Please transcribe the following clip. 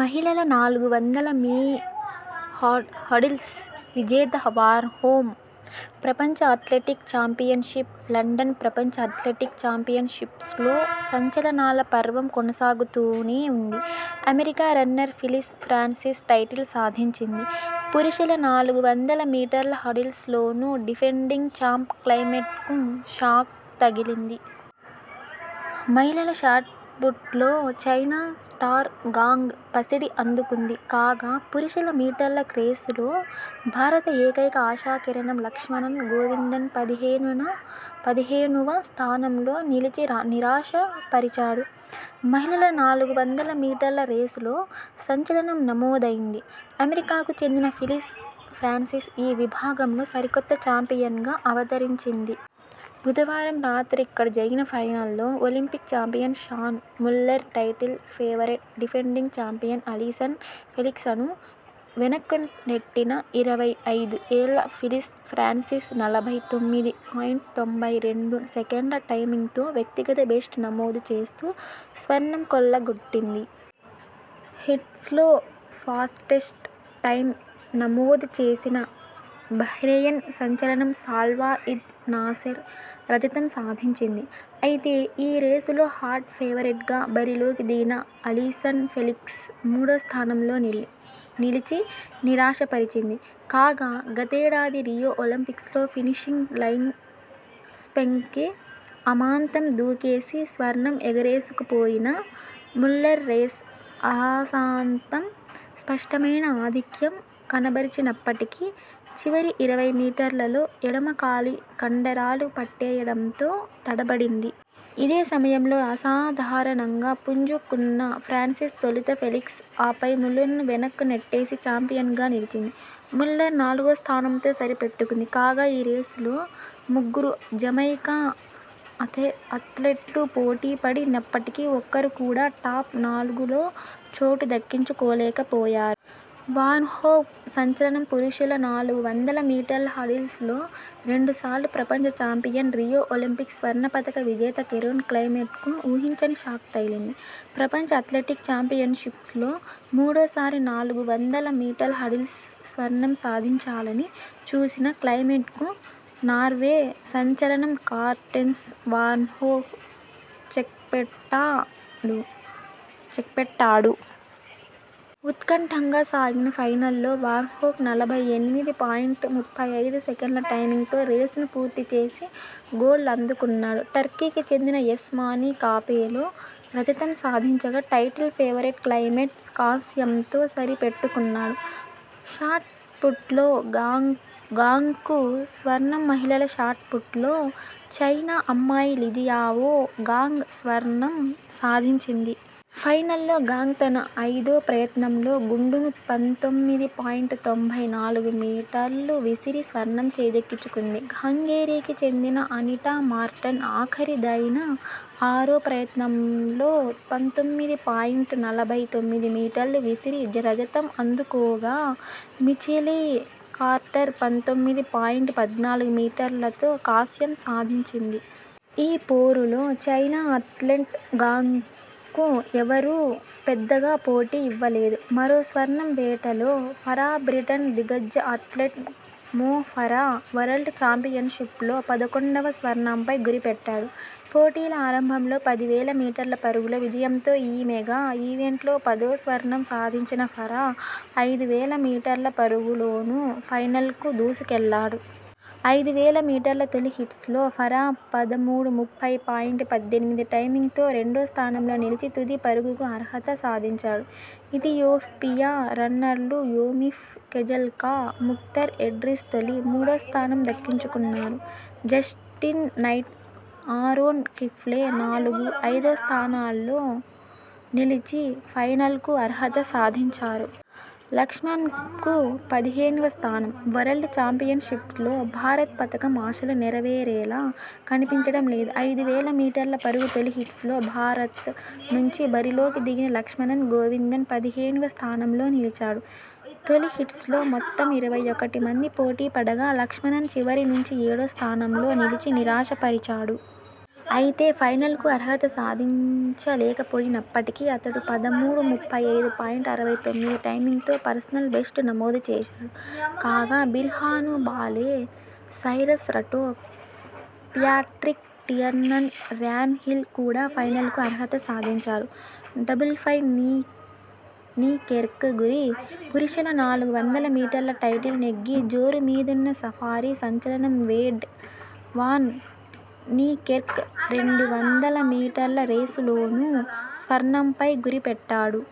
మహిళల నాలుగు వందల మీ హర్డిల్స్ విజేత వార్హోమ్ ప్రపంచ అథ్లెటిక్ చాంపియన్షిప్ లండన్ ప్రపంచ అథ్లెటిక్ చాంపియన్షిప్స్లో సంచలనాల పర్వం కొనసాగుతూనే ఉంది. America runner Phyllis Francis title సాధించింది. పురుషుల నాలుగు వందల మీటర్ల హర్డిల్స్లోనూ డిఫెండింగ్ చాంప్ క్లెమెంట్కు షాక్ తగిలింది. మహిళల షాట్పుట్లో చైనా స్టార్ గాంగ్ పసిడి అందుకుంది. కాగా, పురుషుల మీటర్ల రేసులో భారత ఏకైక ఆశా కిరణం లక్ష్మణన్ గోవిందన్ పదిహేనువ స్థానంలో నిలిచి నిరాశ పరిచాడు. మహిళల నాలుగు వందల మీటర్ల రేసులో సంచలనం నమోదైంది. అమెరికాకు చెందిన ఫిలిస్ ఫ్రాన్సిస్ ఈ విభాగంలో సరికొత్త చాంపియన్ గా అవతరించింది. బుధవారం రాత్రి ఇక్కడ జరిగిన ఫైనల్లో Olympic champion Shaunae Miller, title favourite, defending champion Allyson ఫెలిక్స్లను వెనక్కు నెట్టిన ఇరవై ఐదు ఏళ్ల ఫిలిస్ ఫ్రాన్సిస్ నలభై తొమ్మిది పాయింట్ తొంభై రెండు సెకన్ల టైమింగ్తో వ్యక్తిగత బెస్ట్ నమోదు చేస్తూ, స్వర్ణం కొల్ల గొట్టింది. హీట్స్లో ఫాస్టెస్ట్ టైమ్ నమోదు చేసిన బహ్రెయిన్ సంచలనం సాల్వా ఇద్ నాసెర్ రజతం సాధించింది. అయితే ఈ రేసులో హాట్ ఫేవరెట్గా బరిలోకి దిగిన అలీసన్ ఫెలిక్స్ మూడో స్థానంలో నిలిచి నిరాశపరిచింది. కాగా, గతేడాది రియో ఒలింపిక్స్లో ఫినిషింగ్ లైన్పైకి అమాంతం దూకేసి స్వర్ణం ఎగరేసుకుపోయిన ముల్లర్ రేస్ ఆసాంతం స్పష్టమైన ఆధిక్యం కనబర్చినప్పటికీ, చివరి ఇరవై మీటర్ల లో ఎడమ కాలి కండరాలు పట్టేయడంతో తడ బడింది. ఇదే సమయంలో అసాధారణంగా పుంజు కున్న ఫ్రాన్సిస్ తొలుత ఫెలిక్స్, ఆపై ముల్లర్ను వెనక్కు నెట్టేసి చాంపియన్గా నిలిచింది. ముల్లర్ నాలుగో స్థానంతో సరి పెట్టుకుంది. కాగా ఈ రేసులో ముగ్గురు జమైకా అథ్లెట్లు పోటీ పడి నప్పటికీ ఒక్కరు కూడా టాప్, నాలుగు లో చోటు దక్కించు కోలేకపోయారు. వార్హోమ్ సంచలనం పురుషుల నాలుగు వందల మీటర్ల హర్డిల్స్లో రెండు సార్లు ప్రపంచ చాంపియన్, రియో ఒలింపిక్స్ స్వర్ణ పతక విజేత కెరోన్ క్లెమెంట్కు ఊహించని షాక్ తగిలింది. ప్రపంచ అథ్లెటిక్ చాంపియన్షిప్స్లో మూడోసారి నాలుగు వందల మీటర్ల హర్డిల్స్ స్వర్ణం సాధించాలని చూసిన క్లెమెంట్కు నార్వే సంచలనం కార్స్టెన్ వార్హోమ్ చెక్పెట్టా డు. ఉత్కంఠగా సాగిన ఫైనల్లో వార్హోమ్ నలభై ఎనిమిది పాయింట్ ముప్పై ఐదు సెకన్ల టైమింగ్తో రేసును పూర్తి చేసి గోల్డ్ అందుకున్నాడు. టర్కీకి చెందిన యస్మాని కాపెలో రజతం సాధించగా, టైటిల్ ఫేవరెట్ క్లెమెంట్ కాంస్యంతో సరి పెట్టుకున్నాడు. షాట్పుట్లో గాంగ్కు స్వర్ణంమహిళల షాట్పుట్లో చైనా అమ్మాయి లిజియావో గాంగ్ స్వర్ణం సాధించింది. ఫైనల్లో గాంగ్ తన ఐదో ప్రయత్నంలో గుండును పంతొమ్మిది పాయింట్ తొంభై నాలుగు మీటర్లు విసిరి స్వర్ణం చేజిక్కించుకుంది. హంగేరీకి చెందిన అనిటా మార్టన్ ఆఖరి దైన ఆరో ప్రయత్నంలో పంతొమ్మిది పాయింట్ నలభై తొమ్మిది మీటర్లు విసిరి రజతం అందుకోగా, మిచెలీ కార్టర్ పంతొమ్మిది పాయింట్ పద్నాలుగు మీటర్ల తో కాంస్యం సాధించింది. ఈ పోరులో చైనా అథ్లెట్ గాంగ్కు ఎవరూ పెద్దగా పోటీ ఇవ్వలేదు. మరో స్వర్ణం వేటలో ఫరాబ్రిటన్ దిగ్గజ అథ్లెట్ మో ఫరా వరల్డ్ చాంపియన్షిప్స్లో పదకొండువ స్వర్ణంపై గురి పెట్టాడు. పోటీల ఆరంభంలో పది వేల మీటర్ల పరుగులో విజయంతో ఈ మెగా ఈవెంట్లో పదో స్వర్ణం సాధించిన ఫరా, ఐదు వేల మీటర్ల పరుగు లోనూ ఫైనల్కు దూసు కెళ్లాడు. ఐదు వేల మీటర్ల తొలి హీట్స్లో ఫరా పదమూడు ముప్పై పాయింట్ పద్దెనిమిది టైమింగ్తో రెండో స్థానంలో నిలిచి తుది పరుగుకు అర్హత సాధించాడు. ఇథియోపియా రన్నర్లు యోమిఫ్ కెజెల్కా, ముక్తర్ ఎడ్రిస్ తొలి, మూడో స్థానం దక్కించుకున్నారు. జస్టిన్ నైట్, ఆరోన్ కిఫ్లే నాలుగు, ఐదు స్థానాల్లో నిలిచి ఫైనల్కు అర్హత సాధించారు. లక్ష్మణన్కు పదిహేనువ స్థానం. వరల్డ్ చాంపియన్షిప్స్లో భారత్ పతకం ఆశలు నెరవేరేలా కనిపించడం లేదు. ఐదు వేల మీటర్ల పరుగు తొలి హీట్స్లో భారత్ నుంచి బరిలోకి దిగిన లక్ష్మణన్ గోవిందన్ పదిహేనువ స్థానంలో నిలిచాడు. తొలి హీట్స్లో మొత్తం ఇరవై ఒకటి మంది పోటీపడగా, లక్ష్మణన్ చివరి నుంచి ఏడో స్థానంలో నిలిచి నిరాశ పరిచాడు. అయితే ఫైనల్కు అర్హత సాధించ లేకపోయినప్పటికీ అతడు పదమూడు ముప్పై ఐదు పాయింట్ అరవై తొమ్మిది టైమింగ్తో పర్సనల్ బెస్ట్ నమోదు చేశాడు. కాగా, Birhanu Bale, Cyrus Rutto, Patrick Tiernan, Ryan Hill కూడా ఫైనల్కు అర్హత సాధించారు. డబుల్పై నీకెర్క్ గురి పురుషుల నాలుగు వందల మీటర్ల టైటిల్ నెగ్గి జోరు మీదున్న సఫారీ సంచలనం వేడ్ వాన్ నీకెర్క్ రెండు వందల మీటర్ల రేసులోనూ స్వర్ణంపై గురిపెట్టాడు.